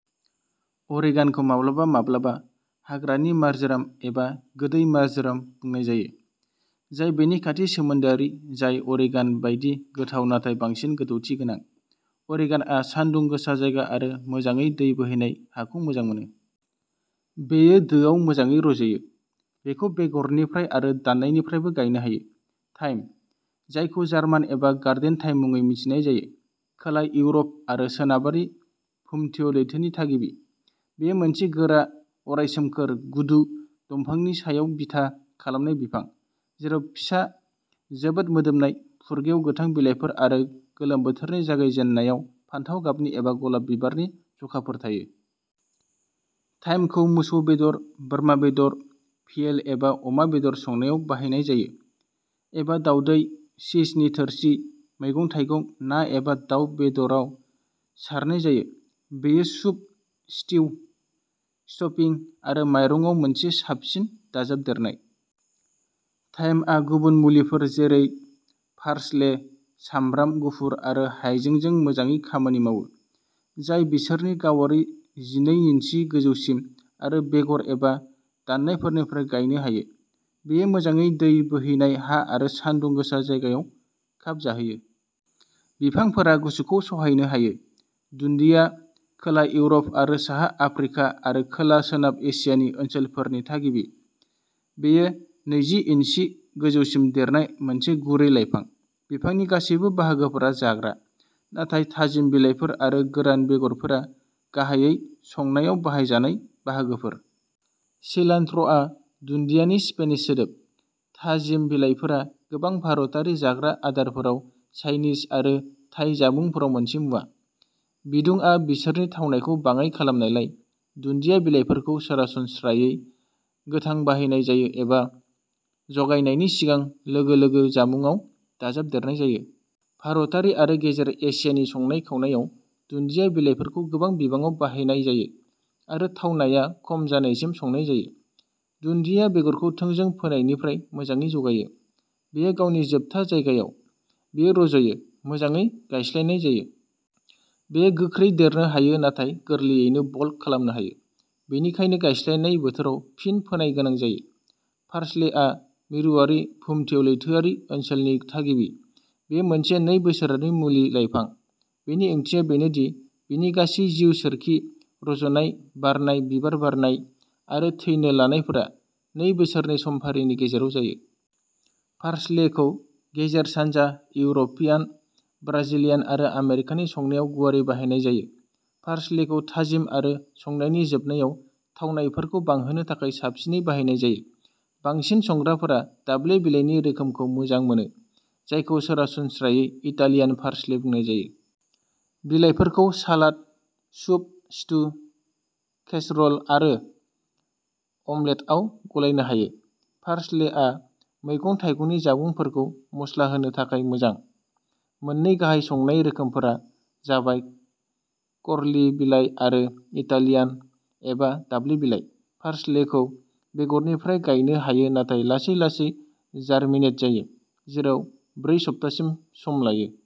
अरेगान'खौ माब्लाबा माब्लाबा हाग्रानि मार्जराम एबा गोदै मार्जराम बुंनाय जायो, जाय बेनि खाथि सोमोन्दोआरि, जाय अरेगान' बायदि गोथाव नाथाय बांसिन गोथौथि गोनां। अरेगान'आ सानदुं गोसा जायगा आरो मोजाङै दै बोहैनाय हाखौ मोजां मोनो। बेयो दोआव मोजाङै रज'यो। बेखौ बेगरनिफ्राय आरो दाननायनिफ्रायबो गायनो हायो। थाइम, जायखौ जार्मान एबा गार्डेन थाइम मुङै मिथिनाय जायो, खोला इउर'प आरो सोनाबारि भुमध्य लैथोनि थागिबि। बेयो मोनसे गोरा अराय सोमखोर, गुदु, दंफांनि सायाव बिथा खालामनाय बिफां, जेराव फिसा, जोबोद मोदोमनाय, फुरगेव गोथां बिलाइफोर आरो गोलोम बोथोरनि जागायजेन्नायाव फान्थाव गाबनि एबा गलाब बिबारनि जखाफोर थायो। थाइमखौ मोसौ बेदर, बोरमा बेदर, भियेल एबा अमा बेदर संनायाव बाहायनाय जायो, एबा दावदै, चीजनि थोरसि, मैगं थाइगं, ना एबा दाव बेदराव सारनाय जायो। बेयो सुप, स्टिउ, स्टफिं आरो माइरंआव मोनसे साबसिन दाजाबदेरनाय। थाइमआ गुबुन मुलिफोर जेरै पार्सले, सामब्राम गुफुर आरो हायजेंजों मोजाङै खामानि मावो, जाय बिसोरनि गावारि जिनै इन्सि गोजौसिम आरो बेगर एबा दाननायफोरनिफ्राय गायनो हायो। बेयो मोजाङै दै बोहैनाय हा आरो सानदुं गोसा जायगायाव खाबजाहोयो। बिफांफोरा गुसुखौ सहायनो हायो। दुन्दिया खोला इउरप आरो साहा आफ्रिका आरो खोला सोनाब एसियानि ओनसोलफोरनि थागिबि। बेयो नैजि इन्सि गोजौसिम देरनाय मोनसे गुरै लाइफां। बिफांनि गासैबो बाहागोफोरा जाग्रा, नाथाय थाजिम बिलाइफोर आरो गोरान बेगरफोरा गाहायै संनायाव बाहायजानाय बाहागोफोर। सिलान्ट्र'आ दुन्दियानि स्पेनिश सोदोब। थाजिम बिलाइफोरा गोबां भारतारि जाग्रा आदारफोराव चाइनिज आरो थाई जामुंफोराव मोनसे मुवा। बिदुंआ बिसोरनि थावनायखौ बाङाइ खालामनायलाय, दुन्दिया बिलाइफोरखौ सरासनस्रायै गोथां बाहायनाय जायो एबा जगायनायनि सिगां लोगो लोगो जामुंआव दाजाबदेरनाय जायो। भारतारि आरो गेजेर एसियानि संनाय खावनायाव, दुन्दिया बिलाइफोरखौ गोबां बिबाङाव बाहायनाय जायो आरो थावनाया खम जानायसिम संनाय जायो। दुन्दिया बेगरखौ थोंजों फोनायनिफ्राय मोजाङै जौगायो। बेयो गावनि जोबथा जायगायाव। बेयो रज'यो। मोजाङै गायस्लायनाय जायो। बेयो गोख्रै देरनो हायो नाथाय गोरलैयैनो बल्ट खालामनो हायो, बेनिखायनो गायस्लायनाय बोथोराव फिन फोनाय गोनां जायो। पार्सलेआ मिरुआरि भुमध्य लैथोआरि ओनसोलनि थागिबि। बेयो मोनसे नै बोसोरारि मुलि लाइफां। बेनि ओंथिया बेनो दि बिनि गासै जिउ सोरखि, रज'नाय, बारनाय, बिबार बारनाय आरो थैनो लानायफोरा नै बोसोरनि समफारिनि गेजेराव जायो। पार्सलेखौ गेजेर सानजा, इउर'पियान, ब्राजिलियान आरो आमेरिकानि संनायाव गुवारै बाहायनाय जायो। पार्सलेखौ थाजिम आरो संनायनि जोबनायाव थावनायफोरखौ बांहोनो थाखाय साबसिनै बाहायनाय जायो। बांसिन संग्राफोरा दाब्ले बिलाइनि रोखोमखौ मोजां मोनो, जायखौ सरासनस्रायै इटालियान पार्सले बुंनाय जायो। बिलाइफोरखौ सालाद, सुप, स्टु, केसर'ल आरो अमलेटआव गलायनो हायो। पार्सलेआ मैगं थाइगंनि जामुंफोरखौ मस्ला होनो थाखाय मोजां। मोननै गाहाय संनाय रोखोमफोरा जाबाय कर्ली बिलाइ आरो इटालियान, एबा दाब्ले बिलाइ। पार्सलेखौ बेगरनिफ्राय गायनो हायो नाथाय लासै लासै जारमिनेट जायो, जेराव ब्रै सप्तासिम सम लायो।